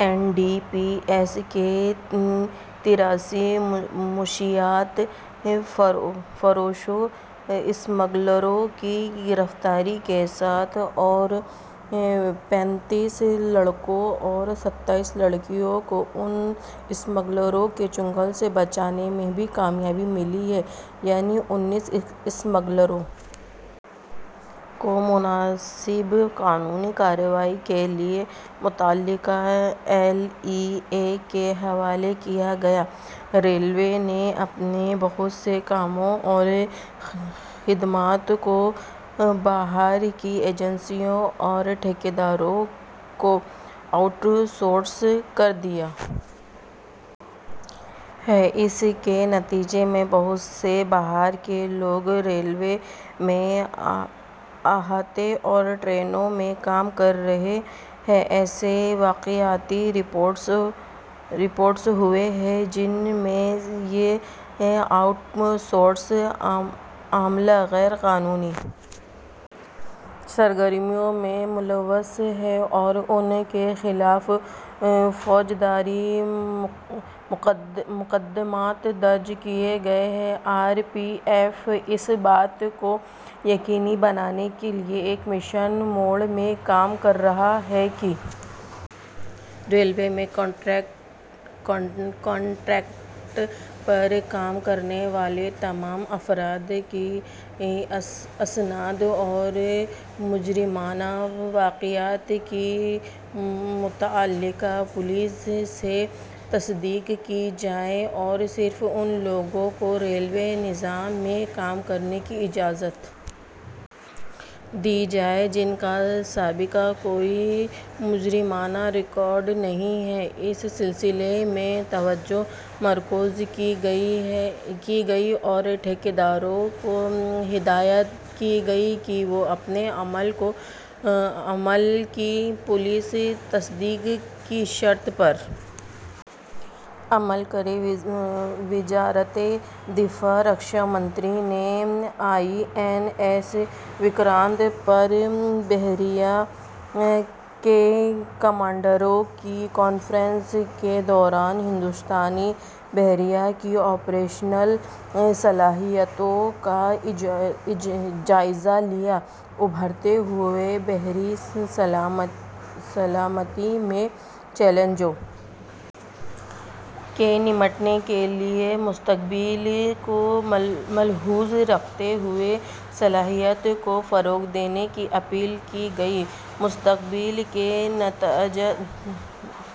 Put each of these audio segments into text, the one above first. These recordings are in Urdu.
این ڈی پی ایس کے تریاسی منشیات فروشوں اسمگلروں کی گرفتاری کے ساتھ اور پینتیس لڑکوں اور ستائیس لڑکیوں کو ان اسمگلروں کے چنگل سے بچانے میں بھی کامیابی ملی یعنی انیس اسمگلروں کو مناسب قانونی کارروائی کے لیے متعلقہ ایل ای اے کے حوالے کیا گیا ریلوے نے اپنے بہت سے کاموں اور خدمات کو باہر کی ایجنسیوں اور ٹھیکیداروں کو آؤٹ سورس کر دیا ہے اس کے نتیجے میں بہت سے باہر کے لوگ ریلوے کے احاطے اور ٹرینوں میں کام کر رہے ہیں ایسے واقعات رپورٹ ہوئے ہیں جن میں یہ آؤٹ سورس عملہ غیر قانونی سرگرمیوں میں ملوث ہے اور ان کے خلاف فوجداری مقدمات درج کیے گئے ہیں آر پی ایف اس بات کو یقینی بنانے کے لیے ایک مشن موڈ میں کام کر رہا ہے کہ ریلوے میں کنٹریکٹ پر کام کرنے والے تمام افراد کی اسناد اور مجرمانہ واقعات کی متعلقہ پولیس سے تصدیق کی جائے اور صرف ان لوگوں کو ریلوے نظام میں کام کرنے کی اجازت دی جائے جن کا سابقہ کوئی مجرمانہ ریکارڈ نہیں ہے اس سلسلے میں توجہ مرکوز کی گئی اور ٹھیکیداروں کو ہدایت کی گئی کہ وہ اپنے عملے کی پولیس تصدیق کی شرط پر عمل کریں وزارت دفاع رکشا منتری نے آئی این ایس وکرانت پر بحریہ کے کمانڈروں کی کانفرنس کے دوران ہندوستانی بحریہ کی آپریشنل صلاحیتوں کا جائزہ لیا ابھرتے ہوئے بحری سلامتی کے چیلنجوں سے نمٹنے کے لیے مستقبل کو ملحوظ رکھتے ہوئے صلاحیت کو فروغ دینے کی اپیل کی گئی مستقبل کے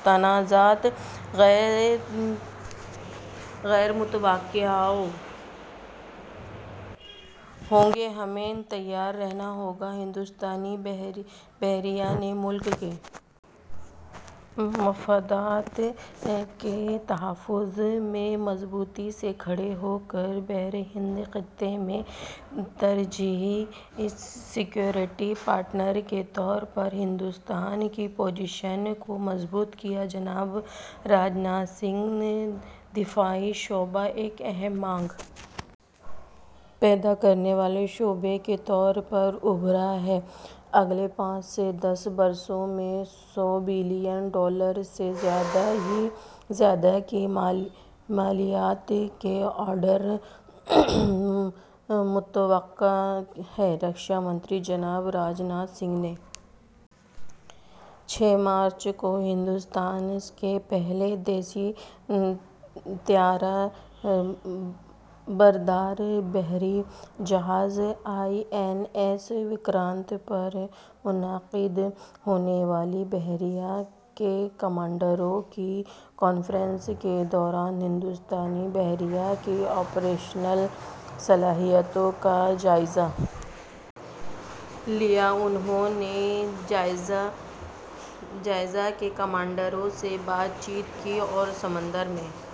تنازعات غیر متوقع ہوں گے ہمیں تیار رہنا ہوگا ہندوستانی بحریہ نے ملک کے مفادات کے تحفظ میں مضبوطی سے کھڑے ہوکر بحر ہند خطے میں ترجیحی سیکورٹی پارٹنر کے طور پر ہندوستان کی پوزیشن کو مضبوط کیا جناب راج ناتھ سنگھ دفاعی شعبہ ایک اہم مانگ پیدا کرنے والے شعبے کے طور پر ابھرا ہے اگلے پانچ سے دس برسوں میں سو بلین ڈالر سے زیادہ کی مالیت کے آرڈر متوقع ہیں رکشا منتری جناب راج ناتھ سنگھ نے چھ مارچ کو ہندوستان کے پہلے دیسی طیارہ بردار بحری جہاز آئی این ایس وکرانت پر منعقد ہونے والی بحریہ کے کمانڈروں کی کانفرنس کے دوران ہندوستانی بحریہ کی آپریشنل صلاحیتوں کا جائزہ لیا انہوں نے بحریہ کے کمانڈروں سے بات چیت کی اور سمندر میں